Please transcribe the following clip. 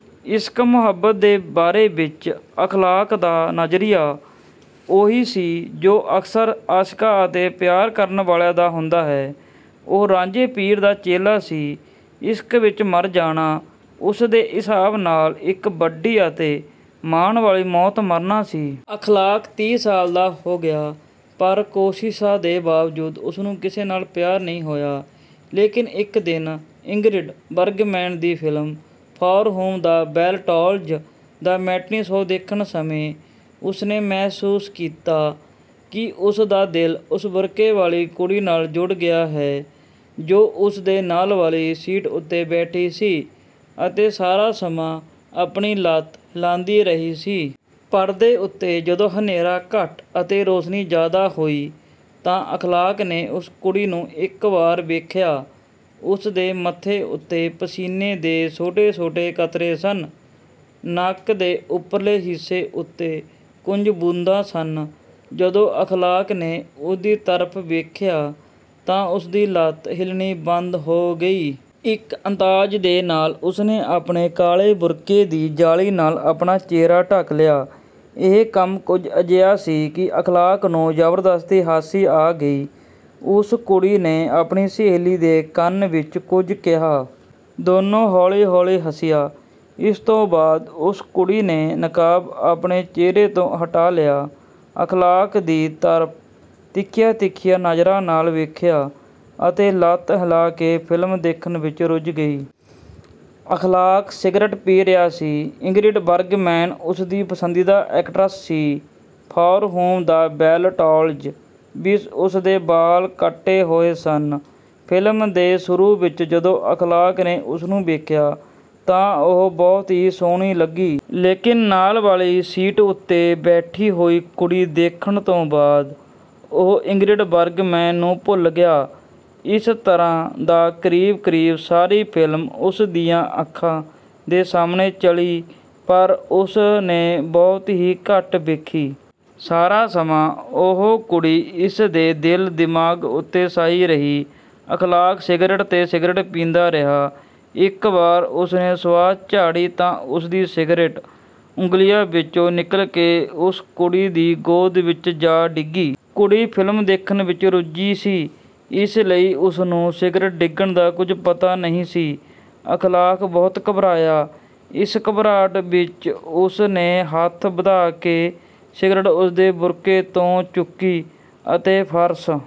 ਇਸ਼ਕ ਮੁਹੱਬਤ ਦੇ ਬਾਰੇ ਵਿੱਚ ਅਖ਼ਲਾਕ ਦਾ ਨਜ਼ਰੀਆ ਉਹੀ ਸੀ ਜੋ ਅਕਸਰ ਆਸ਼ਿਕਾਂ ਅਤੇ ਪਿਆਰ ਕਰਨ ਵਾਲਿਆਂ ਦਾ ਹੁੰਦਾ ਹੈ। ਉਹ ਰਾਂਝੇ ਪੀਰ ਦਾ ਚੇਲਾ ਸੀ। ਇਸ਼ਕ ਵਿੱਚ ਮਰ ਜਾਣਾ ਉਸਦੇ ਹਿਸਾਬ ਨਾਲ ਇੱਕ ਵੱਡੀ ਅਤੇ ਮਾਣ ਵਾਲੀ ਮੌਤ ਮਰਨਾ ਸੀ। ਅਖ਼ਲਾਕ ਤੀਹ ਸਾਲ ਦਾ ਹੋ ਗਿਆ। ਪਰ ਕੋਸ਼ਿਸ਼ਾਂ ਦੇ ਬਾਵਜੂਦ ਉਸ ਨੂੰ ਕਿਸੇ ਨਾਲ ਪਿਆਰ ਨਹੀਂ ਹੋਇਆ ਲੇਕਿਨ ਇੱਕ ਦਿਨ ਇੰਗਰਿਡ ਬਰਗਮੈਨ ਦੀ film "For Whom the Bell Tolls" ਦਾ ਮੈਟਨੀ ਸ਼ੋਅ ਦੇਖਣ ਸਮੇਂ ਉਸ ਨੇ ਮਹਿਸੂਸ ਕੀਤਾ ਕਿ ਉਸ ਦਾ ਦਿਲ ਉਸ ਬੁਰਕੇ ਵਾਲੀ ਕੁੜੀ ਨਾਲ ਜੁੜ ਗਿਆ ਹੈ ਜੋ ਉਸ ਦੇ ਨਾਲ ਵਾਲੀ ਸੀਟ ਉੱਤੇ ਬੈਠੀ ਸੀ ਅਤੇ ਸਾਰਾ ਸਮਾਂ ਆਪਣੀ ਲੱਤ ਹਿਲਾਂਦੀ ਰਹੀ ਸੀ। ਪਰਦੇ ਉੱਤੇ ਜਦੋਂ ਹਨੇਰਾ ਘੱਟ ਅਤੇ ਰੋਸ਼ਨੀ ਜ਼ਿਆਦਾ ਹੋਈ ਤਾਂ ਅਖ਼ਲਾਕ ਨੇ ਉਸ ਕੁੜੀ ਨੂੰ ਇੱਕ ਵਾਰ ਵੇਖਿਆ। ਉਸ ਦੇ ਮੱਥੇ ਉੱਤੇ ਪਸੀਨੇ ਦੇ ਛੋਟੇ ਛੋਟੇ ਕਤਰੇ ਸਨ। ਨੱਕ ਦੇ ਉੱਪਰਲੇ ਹਿੱਸੇ ਉੱਤੇ ਕੁਝ ਬੂੰਦਾਂ ਸਨ ਜਦੋਂ ਅਖ਼ਲਾਕ ਨੇ ਉਸਦੀ ਤਰਫ਼ ਵੇਖਿਆ ਤਾਂ ਉਸਦੀ ਲੱਤ ਹਿਲਣੀ ਬੰਦ ਹੋ ਗਈ। ਇੱਕ ਅੰਦਾਜ਼ ਦੇ ਨਾਲ ਉਸ ਨੇ ਆਪਣੇ ਕਾਲੇ ਬੁਰਕੇ ਦੀ ਜਾਲੀ ਨਾਲ ਆਪਣਾ ਚਿਹਰਾ ਢਕ ਲਿਆ। ਇਹ ਕੰਮ ਕੁੱਝ ਅਜਿਹਾ ਸੀ ਕਿ ਅਖ਼ਲਾਕ ਨੂੰ ਜ਼ਬਰਦਸਤੀ ਹਾਸੀ ਆ ਗਈ। ਉਸ ਕੁੜੀ ਨੇ ਆਪਣੀ ਸਹੇਲੀ ਦੇ ਕੰਨ ਵਿੱਚ ਕੁੱਝ ਕਿਹਾ। ਦੋਨੋਂ ਹੌਲੀ ਹੌਲੀ ਹੱਸੀਆਂ। ਇਸ ਤੋਂ ਬਾਅਦ ਉਸ ਕੁੜੀ ਨੇ ਨਕਾਬ ਆਪਣੇ ਚਿਹਰੇ ਤੋਂ ਹਟਾ ਲਿਆ। ਅਖ਼ਲਾਕ ਦੀ ਤਰਫ਼ ਤਿੱਖੀਆਂ ਤਿੱਖੀਆਂ ਨਜ਼ਰਾਂ ਨਾਲ ਵੇਖਿਆ ਅਤੇ ਲੱਤ ਹਿੱਲਾ ਕੇ ਫ਼ਿਲਮ ਦੇਖਣ ਵਿੱਚ ਰੁੱਝ ਗਈ। ਅਖ਼ਲਾਕ ਸਿਗਰਟ ਪੀ ਰਿਹਾ ਸੀ। ਇੰਗਰਿਡ ਬਰਗਮੈਨ ਉਸਦੀ ਪਸੰਦੀਦਾ ਐਕਟਰਸ ਸੀ। "For Whom the Bell Tolls" ਵਿੱਚ ਉਸ ਦੇ ਵਾਲ਼ ਕੱਟੇ ਹੋਏ ਸਨ। ਫ਼ਿਲਮ ਦੇ ਸ਼ੁਰੂ ਵਿੱਚ ਜਦੋਂ ਅਖ਼ਲਾਕ ਨੇ ਉਸਨੂੰ ਵੇਖਿਆ ਤਾਂ ਉਹ ਬਹੁਤ ਹੀ ਸੋਹਣੀ ਲੱਗੀ। ਲੇਕਿਨ ਨਾਲ ਵਾਲੀ ਸੀਟ ਉੱਤੇ ਬੈਠੀ ਹੋਈ ਕੁੜੀ ਦੇਖਣ ਤੋਂ ਬਾਅਦ ਉਹ ਇੰਗਰਿਡ ਬਰਗਮੈਨ ਨੂੰ ਭੁੱਲ ਗਿਆ। ਇਸ ਤਰ੍ਹਾਂ ਤਾਂ ਕਰੀਬ ਕਰੀਬ ਸਾਰੀ ਫ਼ਿਲਮ ਉਸ ਦੀਆਂ ਅੱਖਾਂ ਦੇ ਸਾਹਮਣੇ ਚਲੀ ਪਰ ਉਸ ਨੇ ਬਹੁਤ ਹੀ ਘੱਟ ਵੇਖੀ। ਸਾਰਾ ਸਮਾਂ ਉਹ ਕੁੜੀ ਇਸ ਦੇ ਦਿਲ ਦਿਮਾਗ਼ ਉੱਤੇ ਛਾਈ ਰਹੀ। ਅਖ਼ਲਾਕ ਸਿਗਰਟ ਤੇ ਸਿਗਰਟ ਪੀਂਦਾ ਰਿਹਾ। ਇੱਕ ਵਾਰ ਉਸ ਨੇ ਸੁਆਹ ਝਾੜੀ ਤਾਂ ਉਸਦੀ ਸਿਗਰਟ ਉਂਗਲੀਆਂ ਵਿੱਚੋਂ ਨਿਕਲ ਕੇ ਉਸ ਕੁੜੀ ਦੀ ਗੋਦ ਵਿੱਚ ਜਾ ਡਿੱਗੀ। ਕੁੜੀ ਫ਼ਿਲਮ ਦੇਖਣ ਵਿੱਚ ਰੁੱਝੀ ਸੀ ਇਸ ਲਈ ਉਸ ਨੂੰ ਸਿਗਰਟ ਡਿੱਗਣ ਦਾ ਕੁੱਝ ਪਤਾ ਨਹੀਂ ਸੀ। ਅਖ਼ਲਾਕ ਬਹੁਤ ਘਬਰਾਇਆ। ਇਸ ਘਬਰਾਹਟ ਵਿੱਚ ਉਸ ਨੇ ਹੱਥ ਵਧਾ ਕੇ ਸਿਗਰਟ ਉਸ ਦੇ ਬੁਰਕੇ ਤੋਂ ਚੁੱਕੀ ਅਤੇ ਫ਼ਰਸ਼